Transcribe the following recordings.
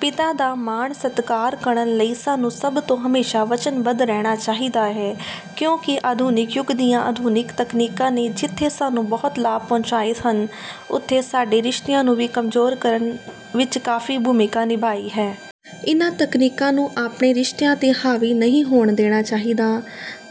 ਪਿਤਾ ਦਾ ਮਾਣ ਸਤਿਕਾਰ ਕਰਨ ਲਈ ਸਾਨੂੰ ਸਭ ਨੂੰ ਹਮੇਸ਼ਾ ਵਚਨਬੱਧ ਰਹਿਣਾ ਚਾਹੀਦਾ ਹੈ ਕਿਉਂਕਿ ਆਧੁਨਿਕ ਯੁੱਗ ਦੀਆਂ ਆਧੁਨਿਕ ਤਕਨੀਕਾਂ ਨੇ ਜਿੱਥੇ ਸਾਨੂੰ ਬਹੁਤ ਲਾਭ ਪਹੁੰਚਾਏ ਹਨ ਉੱਥੇ ਸਾਡੇ ਰਿਸ਼ਤਿਆਂ ਨੂੰ ਵੀ ਕਮਜ਼ੋਰ ਕਰਨ ਵਿੱਚ ਕਾਫੀ ਭੂਮਿਕਾ ਨਿਭਾਈ ਹੈ। ਇਨ੍ਹਾਂ ਤਕਨੀਕਾਂ ਨੂੰ ਆਪਣੇ ਰਿਸ਼ਤਿਆਂ ਤੇ ਹਾਵੀ ਨਹੀਂ ਹੋਣ ਦੇਣਾ ਚਾਹੀਦਾ।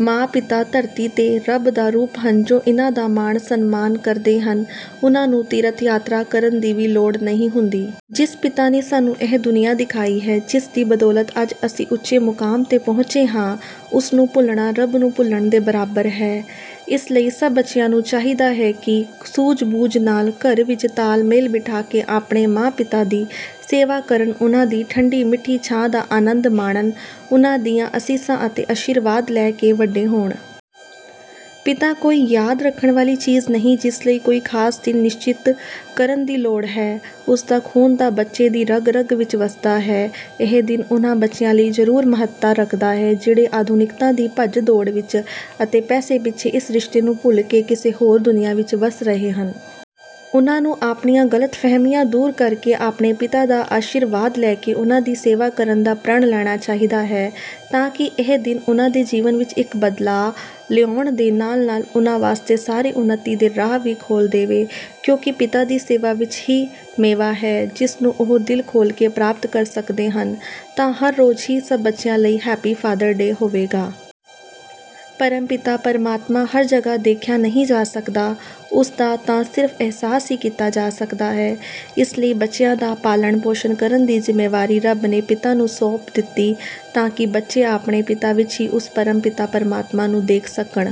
ਮਾਂ ਪਿਤਾ ਧਰਤੀ ਤੇ ਰੱਬ ਦਾ ਰੂਪ ਹਨ ਜੋ ਇਨ੍ਹਾਂ ਦਾ ਮਾਣ ਸਨਮਾਨ ਕਰਦੇ ਹਨ ਉਨ੍ਹਾਂ ਨੂੰ ਤੀਰਥ ਯਾਤਰਾ ਕਰਨ ਦੀ ਵੀ ਲੋੜ ਨਹੀਂ ਹੁੰਦੀ। ਜਿਸ ਪਿਤਾ ਨੇ ਸਾਨੂੰ ਇਹ ਦੁਨੀਆ ਦਿਖਾਈ ਹੈ ਜਿਸ ਦੀ ਬਦੌਲਤ ਅੱਜ ਅਸੀਂ ਉੱਚੇ ਮੁਕਾਮ ਤੇ ਪਹੁੰਚੇ ਹਾਂ ਉਸ ਨੂੰ ਭੁੱਲਣਾ ਰੱਬ ਨੂੰ ਭੁੱਲਣ ਦੇ ਬਰਾਬਰ ਹੈ। ਇਸ ਲਈ ਸਭ ਬੱਚਿਆਂ ਨੂੰ ਚਾਹੀਦਾ ਹੈ ਕਿ ਸੂਝ ਬੂਝ ਨਾਲ ਘਰ ਵਿੱਚ ਤਾਲਮੇਲ ਬਿਠਾ ਕੇ ਆਪਣੇ ਮਾਂ ਪਿਤਾ ਦੀ ਸੇਵਾ ਕਰਨ ਉਨ੍ਹਾਂ ਦੀ ਠੰਢੀ ਮਿੱਠੀ ਛਾਂ ਦਾ ਅਨੰਦ ਮਾਣਨ ਉਨ੍ਹਾਂ ਦੀਆਂ ਅਸੀਸਾਂ ਅਤੇ ਅਸ਼ੀਰਵਾਦ ਲੈ ਕੇ ਵੱਡੇ ਹੋਣ। ਪਿਤਾ ਕੋਈ ਯਾਦ ਰੱਖਣ ਵਾਲੀ ਚੀਜ਼ ਨਹੀਂ ਜਿਸ ਲਈ ਕੋਈ ਖਾਸ ਦਿਨ ਨਿਸ਼ਚਿਤ ਕਰਨ ਦੀ ਲੋੜ ਹੈ ਉਸ ਦਾ ਖੂਨ ਤਾਂ ਬੱਚੇ ਦੀ ਰਗ ਰਗ ਵਿੱਚ ਵਸਦਾ ਹੈ। ਇਹ ਦਿਨ ਉਨ੍ਹਾਂ ਬੱਚਿਆਂ ਲਈ ਜ਼ਰੂਰ ਮਹੱਤਤਾ ਰੱਖਦਾ ਹੈ ਜਿਹੜੇ ਆਧੁਨਿਕਤਾ ਦੀ ਭੱਜ ਦੌੜ ਵਿੱਚ ਅਤੇ ਪੈਸੇ ਪਿੱਛੇ ਇਸ ਰਿਸ਼ਤੇ ਨੂੰ ਭੁੱਲ ਕੇ ਕਿਸੇ ਹੋਰ ਦੁਨੀਆ ਵਿੱਚ ਵਸ ਰਹੇ ਹਨ। ਉਨ੍ਹਾਂ ਨੂੰ ਆਪਣੀਆਂ ਗਲਤਫਹਿਮੀਆਂ ਦੂਰ ਕਰਕੇ ਆਪਣੇ ਪਿਤਾ ਦਾ ਅਸ਼ੀਰਵਾਦ ਲੈ ਕੇ ਉਨ੍ਹਾਂ ਦੀ ਸੇਵਾ ਕਰਨ ਦਾ ਪ੍ਰਣ ਲੈਣਾ ਚਾਹੀਦਾ ਹੈ ਤਾਂ ਕਿ ਇਹ ਦਿਨ ਉਨ੍ਹਾਂ ਦੇ ਜੀਵਨ ਵਿੱਚ ਇੱਕ ਬਦਲਾਅ ਲਿਆਉਣ ਦੇ ਨਾਲ ਨਾਲ ਉਨ੍ਹਾਂ ਵਾਸਤੇ ਸਾਰੇ ਉੱਨਤੀ ਦੇ ਰਾਹ ਵੀ ਖੋਲ੍ਹ ਦੇਵੇ ਕਿਉਂਕਿ ਪਿਤਾ ਦੀ ਸੇਵਾ ਵਿੱਚ ਹੀ ਮੇਵਾ ਹੈ ਜਿਸ ਨੂੰ ਉਹ ਦਿਲ ਖੋਲ੍ਹ ਕੇ ਪ੍ਰਾਪਤ ਕਰ ਸਕਦੇ ਹਨ ਤਾਂ ਹਰ ਰੋਜ਼ ਹੀ ਸਭ ਬੱਚਿਆਂ ਲਈ ਹੈਪੀ ਫਾਦਰ ਡੇ ਹੋਵੇਗਾ। ਪਰਮ ਪਿਤਾ ਪਰਮਾਤਮਾ ਹਰ ਜਗ੍ਹਾ ਦੇਖਿਆ ਨਹੀਂ ਜਾ ਸਕਦਾ ਉਸ ਦਾ ਤਾਂ ਸਿਰਫ ਅਹਿਸਾਸ ਹੀ ਕੀਤਾ ਜਾ ਸਕਦਾ ਹੈ। ਇਸ ਲਈ ਬੱਚਿਆਂ ਦਾ ਪਾਲਣ ਪੋਸ਼ਣ ਕਰਨ ਦੀ ਜ਼ਿੰਮੇਵਾਰੀ ਰੱਬ ਨੇ ਪਿਤਾ ਨੂੰ ਸੌਂਪ ਦਿੱਤੀ ਤਾਂ ਕਿ ਬੱਚੇ ਆਪਣੇ ਪਿਤਾ ਵਿੱਚ ਹੀ ਉਸ ਪਰਮ ਪਿਤਾ ਪਰਮਾਤਮਾ ਨੂੰ ਦੇਖ ਸਕਣ।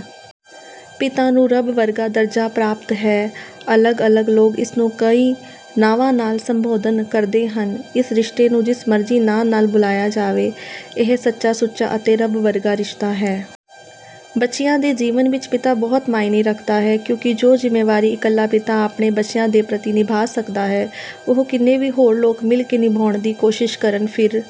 ਪਿਤਾ ਨੂੰ ਰੱਬ ਵਰਗਾ ਦਰਜਾ ਪ੍ਰਾਪਤ ਹੈ। ਅਲੱਗ ਅਲੱਗ ਲੋਕ ਇਸ ਨੂੰ ਕਈ ਨਾਵਾਂ ਨਾਲ ਸੰਬੋਧਨ ਕਰਦੇ ਹਨ। ਇਸ ਰਿਸ਼ਤੇ ਨੂੰ ਜਿਸ ਮਰਜ਼ੀ ਨਾਂ ਨਾਲ ਬੁਲਾਇਆ ਜਾਵੇ ਇਹ ਸੱਚਾ ਸੁੱਚਾ ਅਤੇ ਰੱਬ ਵਰਗਾ ਰਿਸ਼ਤਾ ਹੈ। ਬੱਚਿਆਂ ਦੇ ਜੀਵਨ ਵਿੱਚ ਪਿਤਾ ਬਹੁਤ ਮਾਅਨੇ ਰੱਖਦਾ ਹੈ ਕਿਉਂਕਿ ਜੋ ਜ਼ਿੰਮੇਵਾਰੀ ਇਕੱਲਾ ਪਿਤਾ ਆਪਣੇ ਬੱਚਿਆਂ ਦੇ ਪ੍ਰਤੀ ਨਿਭਾ ਸਕਦਾ ਹੈ ਉਹ ਕਿੰਨੇ ਵੀ ਹੋਰ ਲੋਕ ਮਿਲ ਕੇ ਨਿਭਾਉਣ ਦੀ ਕੋਸ਼ਿਸ਼ ਕਰਨ ਫਿਰ